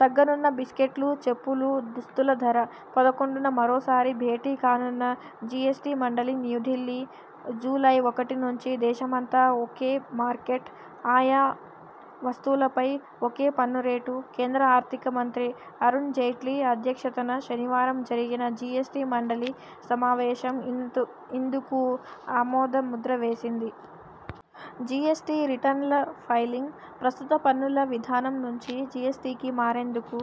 తగ్గనున్న బిస్కెట్లు, చెప్పులు, దుస్తుల ధర పదకొండున మరోసారి భేటీ కానున్న జిఎ్సటి మండలి న్యూఢిల్లీ జూలై ఒకటి నుంచి దేశ మంతా ఒకే మార్కెట్. ఆయా వస్తువులపై ఒకే పన్ను రేటు. కేంద్ర ఆర్థిక మంత్రి అరుణ్ జైట్లీ అధ్యక్షతన శనివారం జరిగిన జి ఎస్టి మండలి సమావేశం ఇందు ఇందుకు ఆమోద ముద్ర వేసింది. జిఎ్సటి రిటర్న్ల ఫైలింగ్, ప్రస్తుత పన్నుల విధానం నుంచి జిఎ్సటికి మారేందుకు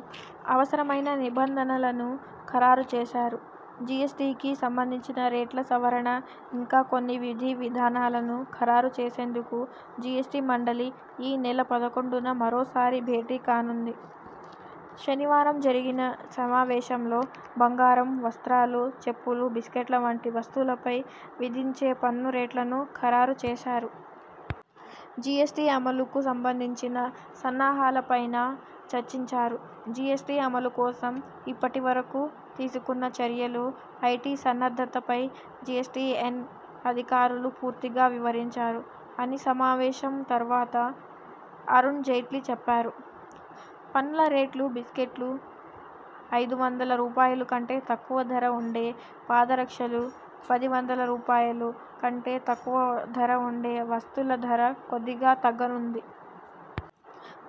అవసరమైన నిబంధనలనూ ఖరారు చేశారు. జిఎ్సటికి సంబంధించిన రేట్ల సవరణ, ఇంకా కొన్ని విధి విధానాలను ఖరారు చేసేందుకు జిఎ్సటి మండలి ఈ నెల పదకొండున మరోసారి భేటీ కానుంది. శనివారం జరిగిన సమావేశంలో బంగారం, వస్త్రాలు, చెప్పులు, బిస్కట్ల వంటి వస్తువులపై విధించే పన్ను రేట్లను ఖరారు చేశారు. జిఎ్సటి అమలుకు సంబంధించిన సన్నాహాల పైనా చర్చించారు. 'జిఎ్సటి అమలు కోసం ఇప్పటి వరకు తీసుకున్న చర్యలు, ఐటి సన్నద్ధత పై జిఎ్సటిఎన్ అధికారులు పూర్తిగా వివరించారు' అని సమావేశం తర్వాత అరుణ్ జైట్లీ చెప్పారు. పన్నుల రేట్లు బిస్కెట్లు, ఐదు వందల రూపాయలు కంటే తక్కువ ధర ఉండే పాద రక్షలు, పది వందల రూపాయలు కంటే తక్కువ ధర ఉండే వస్తుల ధర కొద్దిగా తగ్గ నుంది.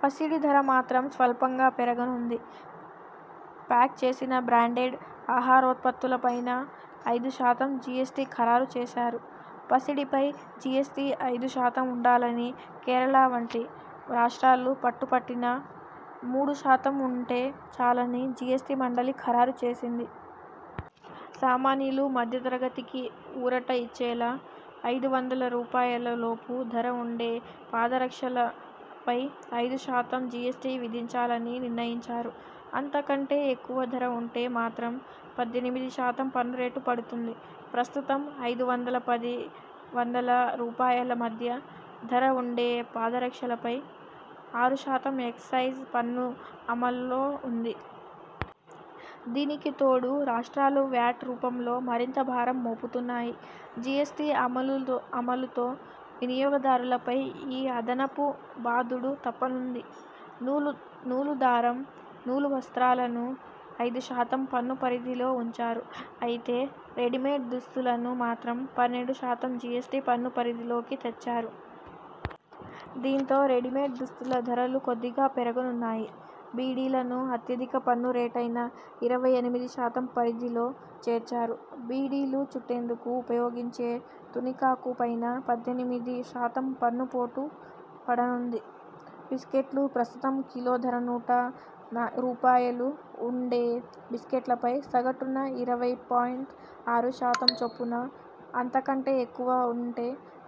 పసిడి ధర మాత్రం స్వల్పంగా పెరగ నుంది. ప్యాక్ చేసిన బ్రాండెడ్ ఆహారోత్పత్తులపైనా ఐదు శాతం జి ఎ్సటి ఖరారు చేశారు. పసిడి పై జిఎ్సటి ఐదు శాతం ఉండాలని కేరళ వంటి రాష్ట్రాలు పట్టు పట్టినా మూడు శాతం ఉంటే చాలని జిఎ్సటి మండలి ఖరారు చేసింది. సామాన్యులు, మధ్య తరగతికి ఊరట ఇచ్చేలా ఐదు వందల రూపాయల లోపు ధర ఉండే పాదరక్షల పై ఐదు శాతం జిఎ్సటి విధించాలని నిర్ణయించారు. అంత కంటే ఎక్కువ ధర ఉంటే మాత్రం పద్దెనిమిది శాతం పన్ను రేటు పడుతుంది. ప్రస్తుతం ఐదు వందల పది వందల రూపాయల మధ్య ధర ఉండే పాదరక్షలపై ఆరు శాతం ఎక్సైజ్ పన్ను అమల్లో ఉంది. దీనికి తోడు రాష్ట్రాలు వ్యాట్ రూపంలో మరింత భారం మోపుతున్నాయి. జిఎ్సటి అమలులో అమలుతో వినియోగదారుల పై ఈ అదనపు బాదుడు తప్ప నుంది. నూలు నూలు దారం, నూలు వస్త్రాలను ఐదు శాతం పన్ను పరిధిలో ఉంచారు. అయితే రెడీమేడ్ దస్తులను మాత్రం పన్నెండు శాతం జిఎ్సటి పన్ను పరిధిలోకి తెచ్చారు. దీంతో రెడీమేడ్ దుస్తుల ధరలు కొద్దిగా పెరగనున్నాయి. బీడీలను అత్యధిక పన్ను రేటైన ఇరవై ఎనిమిది శాతం పరిధిలో చేర్చారు. బీడీలు చుట్టేందుకు ఉపయోగించే తునికాకు పైనా పద్దెనిమిది శాతం పన్ను పోటు పడనుంది. బిస్కెట్లు ప్రస్తుతం కిలో ధర నూట రూపాయలు ఉండే బిస్కెట్లపై సగటున ఇరవై పాయింట్ ఆరు శాతం చొప్పున, అంత కంటే ఎక్కువ ఉంటే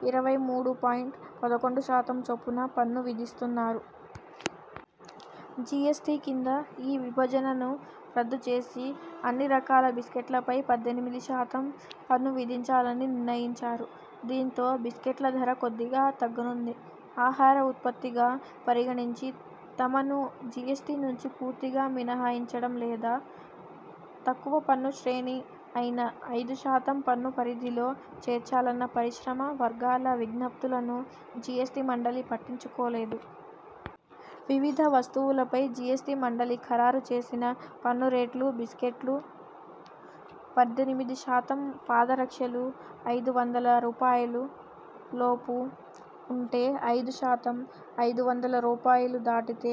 ఇరవై మూడు పాయింట్ పదకొండు శాతం చొప్పున పన్ను విధిస్తున్నారు. జిఎ్సటి కింద ఈ విభజనను రద్దు చేసి అన్ని రకాల బిస్కెట్లపై పద్దెనిమిది శాతం పన్ను విధించాలని నిర్ణయించారు. దీంతో బిస్కెట్ల ధర కొద్దిగా తగ్గనుంది. ఆహార ఉత్పత్తిగా పరిగణించి తమను జిఎ్సటి నుంచి పూర్తిగా మినహాయించడం లేదా తక్కువ పన్ను శ్రేణి అయిన ఐదు శాతం పన్ను పరిధిలో చేర్చాలన్న పరిశ్రమ వర్గాల విజ్ఞప్తులను జిఎ్సటి మండలి పట్టించు కోలేదు. వివిధ వస్తువులపై జిఎ్సటి మండలి ఖరారు చేసిన పన్ను రేట్లు బిస్కెట్లు పద్దెనిమిది శాతం పాద రక్షలు ఐదు వందల రూపాయలు లోపు ఉంటే ఐదు శాతం, ఐదు వందల రూపాయలు దాటితే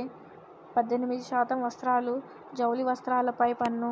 పద్దెనిమిది శాతం వస్త్రాలు జౌళి వస్త్రాల పై పన్ను